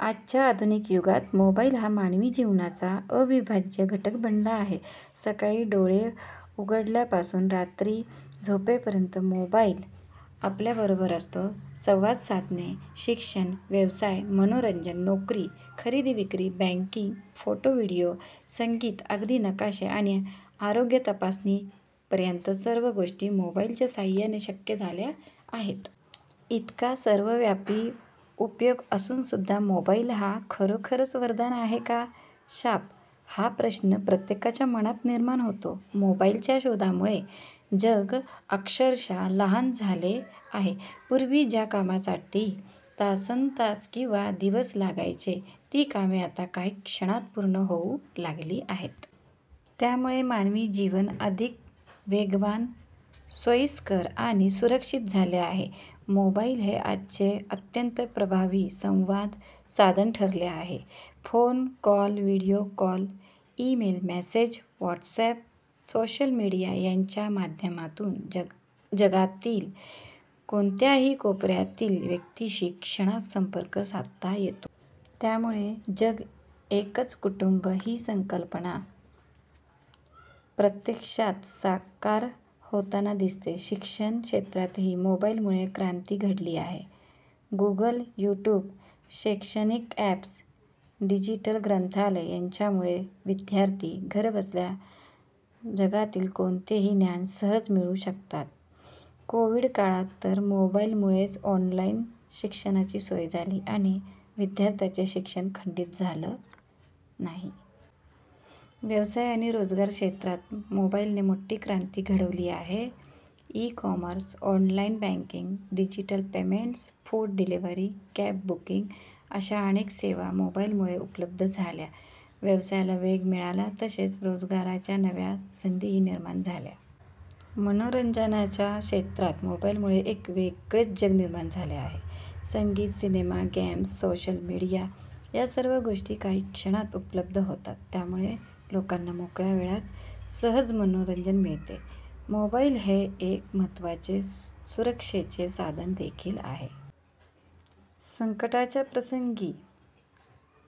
आजच्या आधुनिक युगात मोबाईल हा मानवी जीवनाचा अविभाज्य घटक बनला आहे. सकाळी डोळे उघडल्यापासून रात्री झोपेपर्यंत मोबाईल आपल्याबरोबर असतो. संवाद साधणे, शिक्षण, व्यवसाय, मनोरंजन, नोकरी, खरेदी विक्री, बँकिंग, फोटो व्हिडिओ, संगीत, अगदी नकाशे आणि आरोग्य तपासणीपर्यंत सर्व गोष्टी मोबाईलच्या साहाय्याने शक्य झाल्या आहेत. इतका सर्वव्यापी उपयोग असूनसुद्धा मोबाईल हा खरोखरच वरदान आहे का शाप, हा प्रश्न प्रत्येकाच्या मनात निर्माण होतो. मोबाईलच्या शोधामुळे जग अक्षरशः लहान झाले आहे. पूर्वी ज्या कामांसाठी तासन्तास किंवा दिवस लागायचे, ती कामे आता काही क्षणांत पूर्ण होऊ लागली आहेत. त्यामुळे मानवी जीवन अधिक वेगवान, सोयीस्कर आणि सुरक्षित झाले आहे. मोबाईल हे आजचे अत्यंत प्रभावी संवादसाधन ठरले आहे. Phone call, video call, email, message, WhatsApp, social media यांच्या माध्यमातून जगातील कोणत्याही कोपऱ्यातील व्यक्तीशी क्षणात संपर्क साधता येतो. त्यामुळे जग एकच कुटुंब ही संकल्पना प्रत्यक्षात साकार होताना दिसते. शिक्षण क्षेत्रातही मोबाईलमुळे क्रांती घडली आहे. गूगल, यूट्यूब, शैक्षणिक अॅप्स, डिजिटल ग्रंथालय यांच्यामुळे विद्यार्थी घरबसल्या जगातील कोणतेही ज्ञान सहज मिळवू शकतात. कोविड काळात तर मोबाईलमुळेच ऑनलाईन शिक्षणाची सोय झाली आणि विद्यार्थ्यांचे शिक्षण खंडित झाले नाही. व्यवसाय आणि रोजगार क्षेत्रात मोबाईलने मोठी क्रांती घडवली आहे. E commerce, online banking, digital payments, food delivery, cab booking अशा अनेक सेवा मोबाईलमुळे उपलब्ध झाल्या. व्यवसायाला वेग मिळाला तसेच रोजगाराच्या नव्या संधीही निर्माण झाल्या. मनोरंजनाच्या क्षेत्रात मोबाईलमुळे एक वेगळेच जग निर्माण झाले आहे. संगीत, सिनेमा, गेम्स, सोशल मीडिया या सर्व गोष्टी काही क्षणांत उपलब्ध होतात. त्यामुळे लोकांना मोकळ्या वेळात सहज मनोरंजन मिळते. मोबाईल हे एक महत्त्वाचे सुरक्षेचे साधन देखील आहे. संकटाच्या प्रसंगी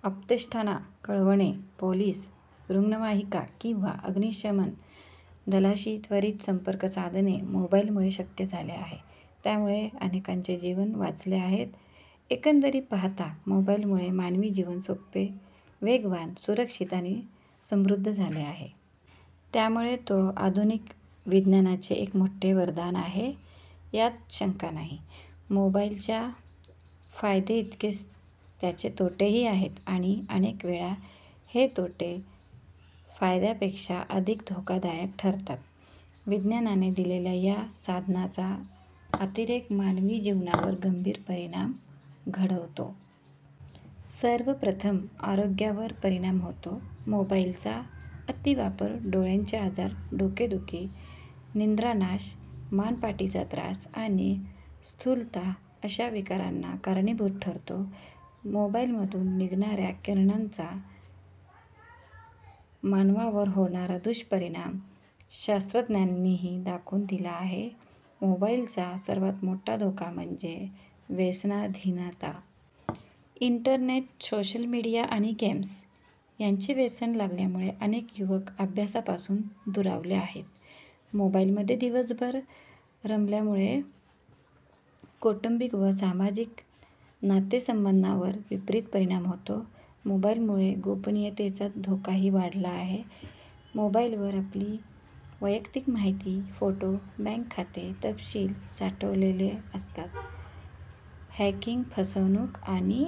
आप्तेष्टांना कळवणे, पोलिस, रुग्णवाहिका किंवा अग्निशमन दलाशी त्वरित संपर्क साधणे मोबाईलमुळे शक्य झाले आहे. त्यामुळे अनेकांचे जीव वाचले आहेत. एकंदरीत पाहता मोबाईलमुळे मानवी जीवन सोपे, वेगवान, सुरक्षित आणि समृद्ध झाले आहे. त्यामुळे तो आधुनिक विज्ञानाचे एक मोठे वरदान आहे, यात शंका नाही. मोबाईलच्या फायद्यांइतकेच त्याचे तोटेही आहेत आणि अनेक वेळा हे तोटे फायद्यांपेक्षा अधिक धोकादायक ठरतात. विज्ञानाने दिलेल्या या साधनाचा अतिरेक मानवी जीवनावर गंभीर परिणाम घडवतो. सर्वप्रथम आरोग्यावर परिणाम होतो. मोबाईलचा अतिवापर डोळ्यांचे आजार, डोकेदुखी, निद्रानाश, मान पाठीचा त्रास आणि स्थूलता अशा विकारांना कारणीभूत ठरतो. मोबाईलमधून निघणाऱ्या किरणांचा मानवावर होणारा दुष्परिणाम शास्त्रज्ञांनीही दाखवून दिला आहे. मोबाईलचा सर्वात मोठा धोका म्हणजे व्यसनाधीनता. इंटरनेट, सोशल मीडिया आणि गेम्स यांचे व्यसन लागल्यामुळे अनेक युवक अभ्यासापासून दुरावले आहेत. मोबाईलमध्ये दिवसभर रमल्यामुळे कौटुंबिक व सामाजिक नातेसंबंधांवर विपरीत परिणाम होतो. मोबाईलमुळे गोपनीयतेचा धोकाही वाढला आहे. मोबाईलवर आपली वैयक्तिक माहिती, फोटो, बँक खाते तपशील साठवलेले असतात. हॅकिंग, फसवणूक आणि